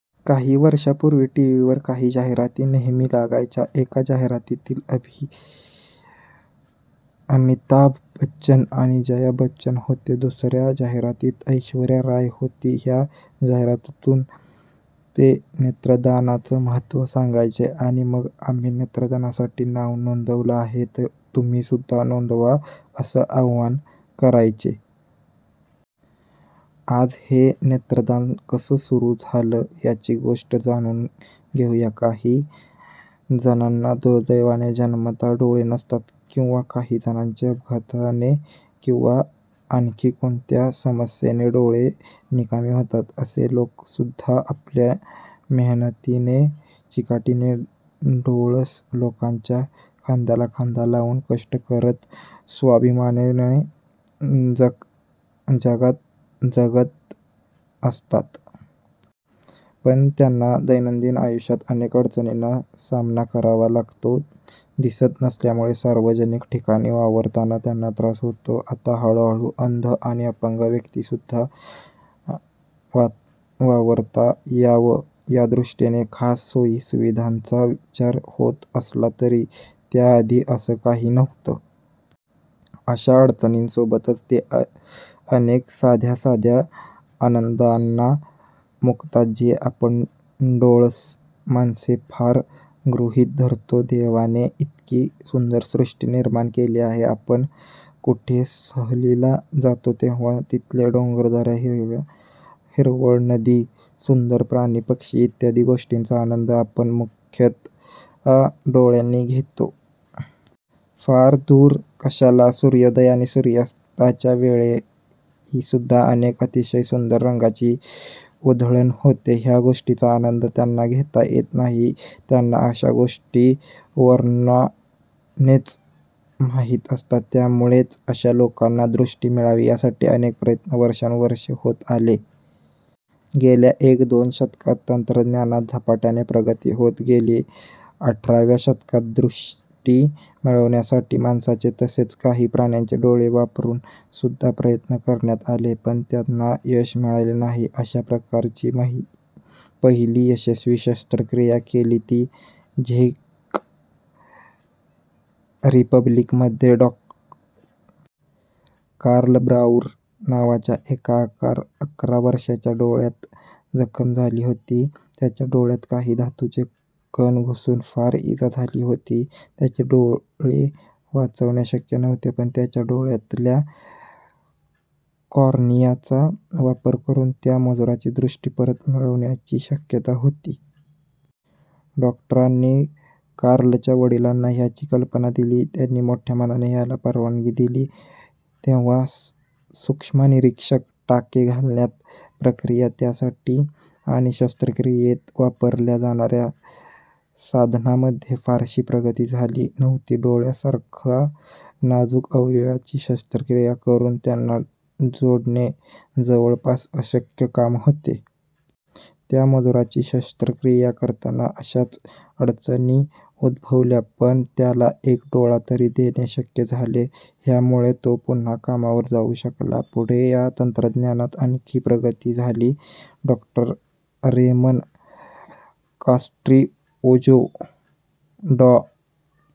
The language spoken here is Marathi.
काही वर्षांपूर्वी टीव्हीवर काही जाहिराती नेहमी लागायच्या. एका जाहिरातीत अमिताभ बच्चन आणि जया बच्चन होते आणि दुसऱ्या जाहिरातीत ऐश्वर्या राय होती. ह्या जाहिरातीतून ते नेत्रदानाचं महत्व सांगायचे आणि मग आम्ही नेत्रदानासाठी नाव नोंदवलं आहे, तुम्हीसुद्धा नोंदवा असं आव्हान करायचे. आज हे नेत्रदान कसं सुरु झालं याची गोष्ट जाणून घेऊया. काही जणांना दुर्दैवाने जन्मतः डोळे नसतात, किंवा काही जणांचे अपघाताने किंवा आणखी कोणत्या समस्येने डोळे निकामी होतात. असे लोकसुद्धा आपल्या मेहनतीने, चिकाटीने डोळस लोकांच्या खांद्याला खांदा लावून कष्ट करत स्वाभिमानाने जगात असतात. पण त्यांना दैनंदिन आयुष्यात अनेक अडचणींचा सामना करावा लागतो. दिसत नसल्यामुळे सार्वजनिक ठिकाणी वावरताना त्यांना त्रास होतो. आता हळूहळू अंध आणि अपंग व्यक्तींनासुद्धा वावरता यावं यादृष्टीने खास सोयी सुविधांचा विचार होत असला तरी त्याआधी असं काही नव्हतं. अशा अडचणींसोबतच ते अनेक साध्या साध्या आनंदांना मुकतात जे आपण डोळस माणसे फार गृहीत धरतो. देवाने इतकी सुंदर सृष्टी निर्माण केली आहे. आपण कुठे सहलीला जातो तेव्हा तिथले डोंगर, दऱ्या, हिरवळ, नदी, सुंदर प्राणी पक्षी इत्यादी गोष्टींचा आनंद आपण मुख्यतः डोळ्यांनी घेतो. फार दूर कशाला, सूर्योदय आणि सूर्यास्ताच्या वेळीसुद्धा अनेकदा अतिशय सुंदर रंगांची उधळण होते. ह्या गोष्टींचा आनंद त्यांना घेता येत नाही. त्यांना अशा गोष्टी वर्णनानेच माहित असतात. त्यामुळेच अशा लोकांना दृष्टी मिळावी यासाठी अनेक प्रयत्न वर्षानुवर्षे होत आले. गेल्या एक दोन शतकात तंत्रज्ञानात झपाट्याने प्रगती होत गेली. अठराव्या शतकात दृष्टी मिळवण्यासाठी माणसांचे, तसेच काही प्राण्यांचे डोळे वापरून सुद्धा प्रयत्न करण्यात आले, पण त्यांना यश मिळाले नाही. अशा प्रकारची पहिली यशस्वी शस्त्रक्रिया केली ती झेक रिपब्लिकमधल्या डॉ. कार्ल ब्राऊर नावाच्या एका अकरा वर्षाच्या डोळ्यात जखम झाली होती. त्याच्या डोळ्यात काही धातूचे कण घुसून फार इजा झाली होती. त्याचे डोळे वाचवणे शक्य नव्हते, पण त्याच्या डोळ्यातल्या कॉर्नियाचा वापर करून त्या मजुराची दृष्टी परत मिळवण्याची शक्यता होती. डॉक्टरांनी कार्लच्या वडिलांना ह्याची कल्पना दिली. त्यांनी मोठ्या मनाने ह्याला परवानगी दिली. तेव्हा सूक्ष्मनिरीक्षक, टाके घालण्याची प्रक्रिया, त्यासाठी आणि शस्त्रक्रियेत वापरल्या जाणाऱ्या साधनांमध्ये फारशी प्रगती झाली नव्हती. डोळ्यासारखा नाजूक अवयवाची शस्त्रक्रिया करून त्यांना जोडणे जवळपास अशक्य काम होते. त्या मजुराची शस्त्रक्रिया करताना अशाच अडचणी उद्भवल्या, पण त्याला एक डोळा तरी देणे शक्य झाले. ह्यामुळे तो पुन्हा कामावर जाऊ शकला. पुढे या तंत्रज्ञानात आणखी प्रगती झाली. डॉ. रेमन कास्ट्रावोजो, डॉ.